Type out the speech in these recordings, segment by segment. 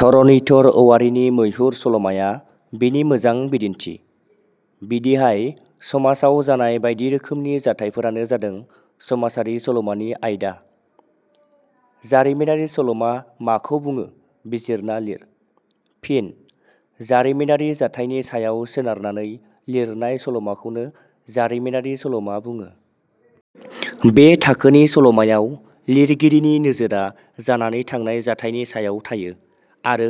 धरनिधर औवारिनि "मैहुर" सल'माया बेनि मोजां बिदिन्थि। बिदिहाय समाजाव जानाय बायदि रोखोमनि जाथाइफोरानो जादों समाजारि सलमानि आयदा। जारिमिनारि सल'मा माखौ बुङो बिजिरना लिर। फिन: जारिमिनारि जाथाइनि सायाव सोनारनानै लिरनाय सल 'माखौनो जारिमिनारि सल'मा बुङो। ब्रे थाखोनि सल 'मायाव लिरगिरिनि नोजोरा जानानै थांनाय जाथाइनि सायाव थायो आरो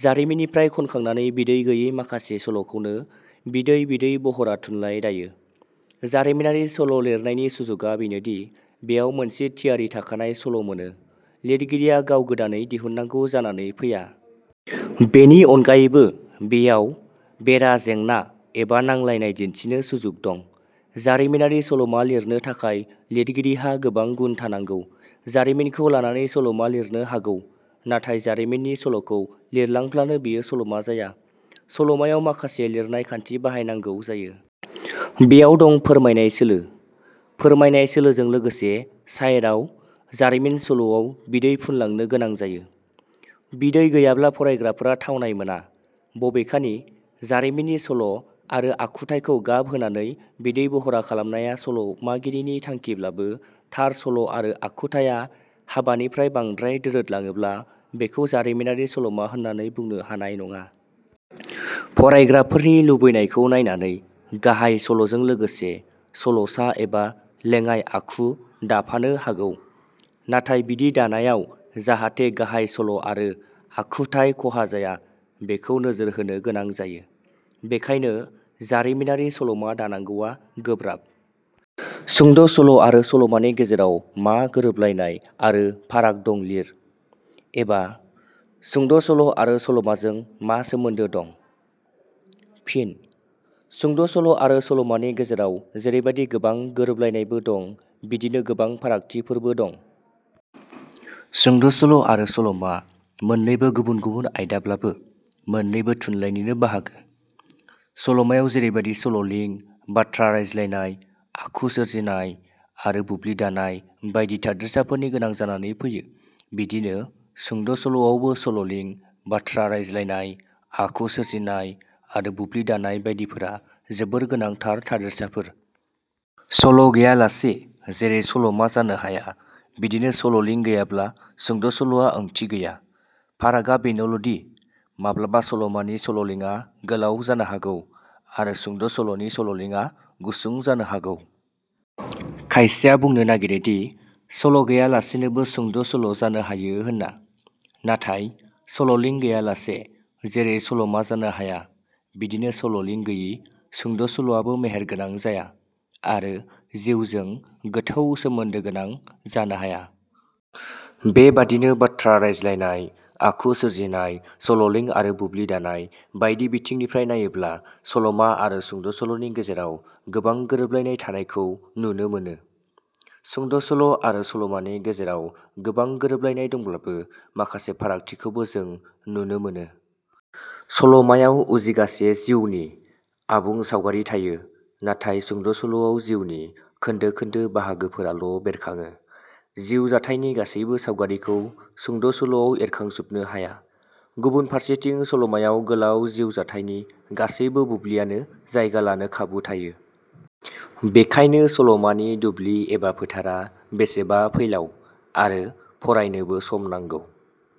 जारिमिननिफ्राय खनखांनाने बिदै गैयै माखासे संल 'खौनो बिदै बिदै बहरा थुनलाइ दायो। जारिमिनारि सल' लिरनायनि सुजुगा बेनोदि बेयाव मोनसे थियारि थाखानाय सल' मोन लिरगिरिया गांव गोदानै दिहुननांगौ जानाने फैया। बेनि अनगायैबो बेयाव बेरा जेंना एबा नांलायनाय दिन्थिनो सुजुग दं। जारिमिनारि सलमा लिरनो थाखाय लिरगिरिहा गोबां गुण थानांगौ। जारिमिनखौ लानानै सल'मा लिरनो हागौ। नाथाय जारिमिननि सल 'खौ लिरलांब्लानो बेयो सल'मा जाया। सल 'मायाव माखासे लिरनाय खान्थि बाहायनांगौ जायो। बेयाव दं फोरमायनाय सोलो। फोरमायनाय सोलोजों लोगोसे साइराव जारिमिन सल'आव बिदै फुनलांनो गोनां जायो। बिदै गैयाब्ला फरायग्राफोरा थावनाय मोना। बबेखानि जारिमिननि सल' आरो आखुथाइखौ गाब होनानै बिदै बहरा खालामनाया सल' मागिरिनि थांखिब्लाबो थार सल' आरो आखुथाइया हाबानिफ्राय बांद्राय दोरोदलाङोब्ला बेखौ जारिमिनारि सल'मा होननानै बुंनो हानाय नङा। फरायग्राफोरनि लुबैनायखौ नायनानै गाहाइ सल 'जों लोगोसे सल'सा एबा लेङाइ आखु दाफानो हागौ नाथाय बिदि दानायाव जाहाथे गाहाइ सल' आरो आखुथाइ खहा जाया बेखौ नोजोर होनो गोनां जायो। बेखायनो जारिमिनारि सल'मा दानांगौवा गोब्राब। सुंद' सल' आरो सल मानि गेजेराव मा गोरोबलायनाय आरो फाराग दं लिर। "एबा" सुंद' सल' आरो सल 'माजों मा सोमोन्दो दं? फिन: सुंद' सल' आरो सलमानि गेजेराव जेरैबादि गोबां गोरोबलायनायबो दं बिदिनो गोबां फारागथिफोरबो दं। सुंद' सल' आरो सले'मा मोननैबो गुबुन गुबुन आयदाब्लाबो मोननैबो थुनलाइनिनो बाहागो। सल 'मायाव जेरैबादि सललिं, बाथ्रा रायज्लायनाय, आखु सोरजिनाय आरो बुब्लि दानाय बायदि थादेरसाफोरनि गोनां जानानै फैयो बिदिनो सुंद' सल 'आवबो सल 'लिं, बाथ्रा रायज्लायनाय, आखु सोरजिनाय आरो बुब्लि दानाय बायदिफोरा जोबोर गोनांथार थादेरसाफोर। सल' गैयालासे जेरै सलं 'मा जानो हाया बिदिनो सल 'लिं गैयाब्ला सुंद' सल 'या ओंथि गया। फारागा बेनोल 'दि माब्लाबा सल 'मानि सल 'लिंआ गोलाव जानो हागौ आरो सुंद' सल'नि सल'लिंआ गुसुं जानो हागौ। खायसेया बुंनो नागिरोदि सल' गैयालासेनोबो सुंद' सल' जानो हायो होनना। नाथाय सल 'लिं गैयालासे जेरै सल'मा जानो हाया बिदिनो सल 'लिं गैयि सुंद' सल'आबो मेहेर गोनां जाया आरो जिउजों गोथौ सोमोन्दो गोनां जानो हाया। बेबादिनो बाथ्रा रायज्लायनाय, आखु सोरजिनाय, सल 'लिं आरो बुब्लि दानाय बायदि बिथिंनिफ्राय नायोब्ला सल'मा आरो सुंद' सल'नि गेजेराव गोबां गोरोबलायनाय थानायखौ नुनो मोनो। सुंद' सल' आसे सलमानि गेजेराव गोबां गोरोबलायनाय दंब्लाबो माखासे फारागथिखौबो जो नुनो मोनो। सल 'मायाव उजिगासे जिउनि आबुं सावगारि थाय नाथाय सुंद' सल'आव जिउनि खोन्दो खोन्दो बाहागोफोराल' बेरखाङो। जिउ जाथायनि गासैबो सावगारिखौ सुंद सल'आव एरखांजुबनो हाया। गुबुन फारसेथिं सल 'मायाव गोलाव जिर जाथाइनि गासैबो बुब्लियानो जायगा लानो खाबु थायो। बेखायनो सल 'मानि दुब्लि एबा फोथारा बेसेबा फैलाव आरो फरायनोबो सम नांगौ।